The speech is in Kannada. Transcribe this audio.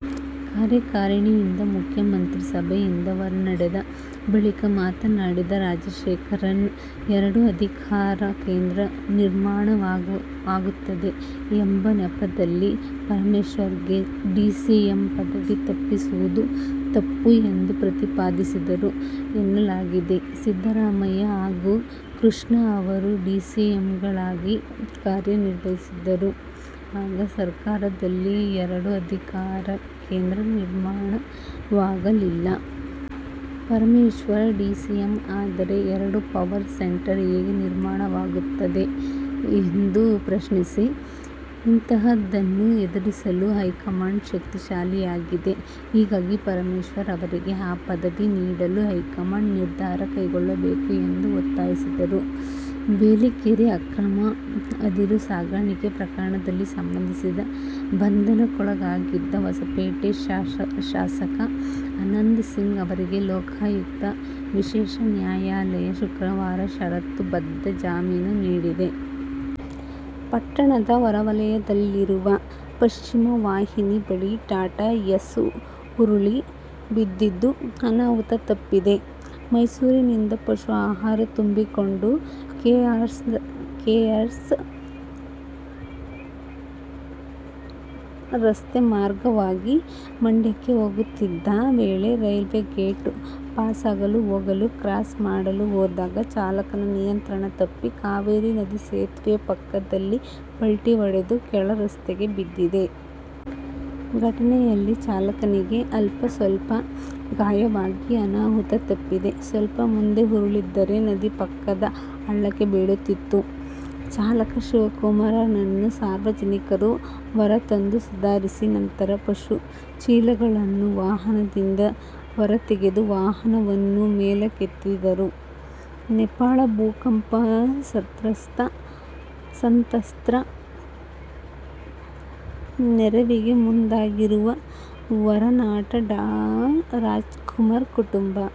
ಕಾರ್ಯಕಾರಿಣಿಯಿಂದ ಮುಖ್ಯ ಮಂತ್ರಿ ಸಭೆಯಿಂದ ಹೊರನಡೆದ ಬಳಿಕ ಮಾತನಾಡಿದ ರಾಜಶೇಖರನ್, ಎರಡು ಅಧಿಕಾರ ಕೇಂದ್ರ ನಿರ್ಮಾಣವಾಗುತ್ತದೆ ಎಂಬ ನೆಪದಲ್ಲಿ ಪರಮೇಶ್ವರ್ಗೆ ಡಿಸಿಎಂ ಪದವಿ ತಪ್ಪಿಸುವುದು ತಪ್ಪು ಎಂದು ಪ್ರತಿಪಾದಿಸಿದರು ಎನ್ನಲಾಗಿದೆ. ಸಿದ್ದರಾಮಯ್ಯ ಹಾಗೂ ಕೃಷ್ಣ ಅವರು ಡಿಸಿಎಂಗಳಾಗಿ ಕಾರ್ಯ ನಿರ್ವಹಿಸಿದ್ದರು. ಆಗ ಸರ್ಕಾರದಲ್ಲಿ ಎರಡು ಅಧಿಕಾರ ಕೇಂದ್ರ ನಿರ್ಮಾಣವಾಗಿರಲಿಲ್ಲ. ಪರಮೇಶ್ವರ್ ಡಿಸಿಎಂ ಆದರೆ ಎರಡು ಪವರ್ ಸೆಂಟರ್ ಹೇಗೆ ನಿರ್ಮಾಣವಾಗುತ್ತದೆ ಎಂದು ಪ್ರಶ್ನಿಸಿ, ಇಂತಹದನ್ನು ಎದುರಿಸಲು ಹೈಕಮಾಂಡ್ ಶಕ್ತಿಶಾಲಿಯಾಗಿದೆ. ಹೀಗಾಗಿ ಪರಮೇಶ್ವರ್ ಅವರಿಗೆ ಆ ಪದವಿ ನೀಡಲು ಹೈಕಮಾಂಡ್ ನಿರ್ಧಾರ ಕೈಗೊಳ್ಳಬೇಕು ಎಂದು ಒತ್ತಾಯಿಸಿದರು. ಬೇಲಿಕೇರಿ ಅಕ್ರಮ ಅದಿರು ಸಾಗಾಣಿಕೆ ಪ್ರಕರಣಕ್ಕೆ ಸಂಬಂಧಿಸಿ ಬಂಧನಕ್ಕೊಳಗಾಗಿದ್ದ ಹೊಸಪೇಟೆ ಶಾಸಕ ಆನಂದ್ ಸಿಂಗ್ ಅವರಿಗೆ ಲೋಕಾಯುಕ್ತ ವಿಶೇಷ ನ್ಯಾಯಾಲಯ ಶುಕ್ರವಾರ ಷರತ್ತು ಬದ್ಧ ಜಾಮೀನು ನೀಡಿದೆ. ಪಟ್ಟಣದ ಹೊರವಲಯದಲ್ಲಿರುವ ಪಶ್ಚಿಮವಾಹಿನಿ ಬಳಿ ಟಾಟಾ ಏಸ್ ಉರುಳಿ ಬಿದ್ದಿದ್ದು, ಅನಾಹುತ ತಪ್ಪಿದೆ. ಮೈಸೂರಿನಿಂದ ಪಶು ಆಹಾರ ತುಂಬಿಕೊಂಡು ಕೆಆರ್ಎಸ್ ರಸ್ತೆ ಮಾರ್ಗವಾಗಿ ಮಂಡ್ಯಕ್ಕೆ ಹೋಗುತ್ತಿದ್ದ ವೇಳೆ ರೈಲ್ವೆ ಗೇಟ್ ಪಾಸಾಗಲು ಹೋಗಲು ಕ್ರಾಸ್ ಮಾಡಲು ಹೋದಾಗ ಚಾಲಕನ ನಿಯಂತ್ರಣ ತಪ್ಪಿ ಕಾವೇರಿ ನದಿ ಸೇತುವೆ ಪಕ್ಕದಲ್ಲಿ ಪಲ್ಟಿ ಹೊಡೆದು ಕೆಳ ರಸ್ತೆಗೆ ಬಿದ್ದಿದೆ. ಘಟನೆಯಲ್ಲಿ ಚಾಲಕನಿಗೆ ಅಲ್ಪಸ್ವಲ್ಪ ಗಾಯವಾಗಿ ಅನಾಹುತ ತಪ್ಪಿದೆ. ಸ್ವಲ್ಪ ಮುಂದೆ ಉರುಳಿದ್ದರೆ ನದಿ ಪಕ್ಕದ ಹಳ್ಳಕ್ಕೆ ಬೀಳುತ್ತಿತ್ತು. ಚಾಲಕ ಶಿವಕುಮಾರನನ್ನು ಸಾರ್ವಜನಿಕರು ಹೊರ ತಂದು ಸುಧಾರಿಸಿ ನಂತರ ಪಶು ಚೀಲಗಳನ್ನು ವಾಹನದಿಂದ ಹೊರತೆಗೆದು ವಾಹನವನ್ನು ಮೇಲಕ್ಕೆತ್ತಿದರು. ನೇಪಾಳ ಭೂಕಂಪ ಸಂತ್ರಸ್ತರ ನೆರವಿಗೆ ಮುಂದಾಗಿರುವ ವರನಟ ಡಾ. ರಾಜ್ಕುಮಾರ್ ಕುಟುಂಬ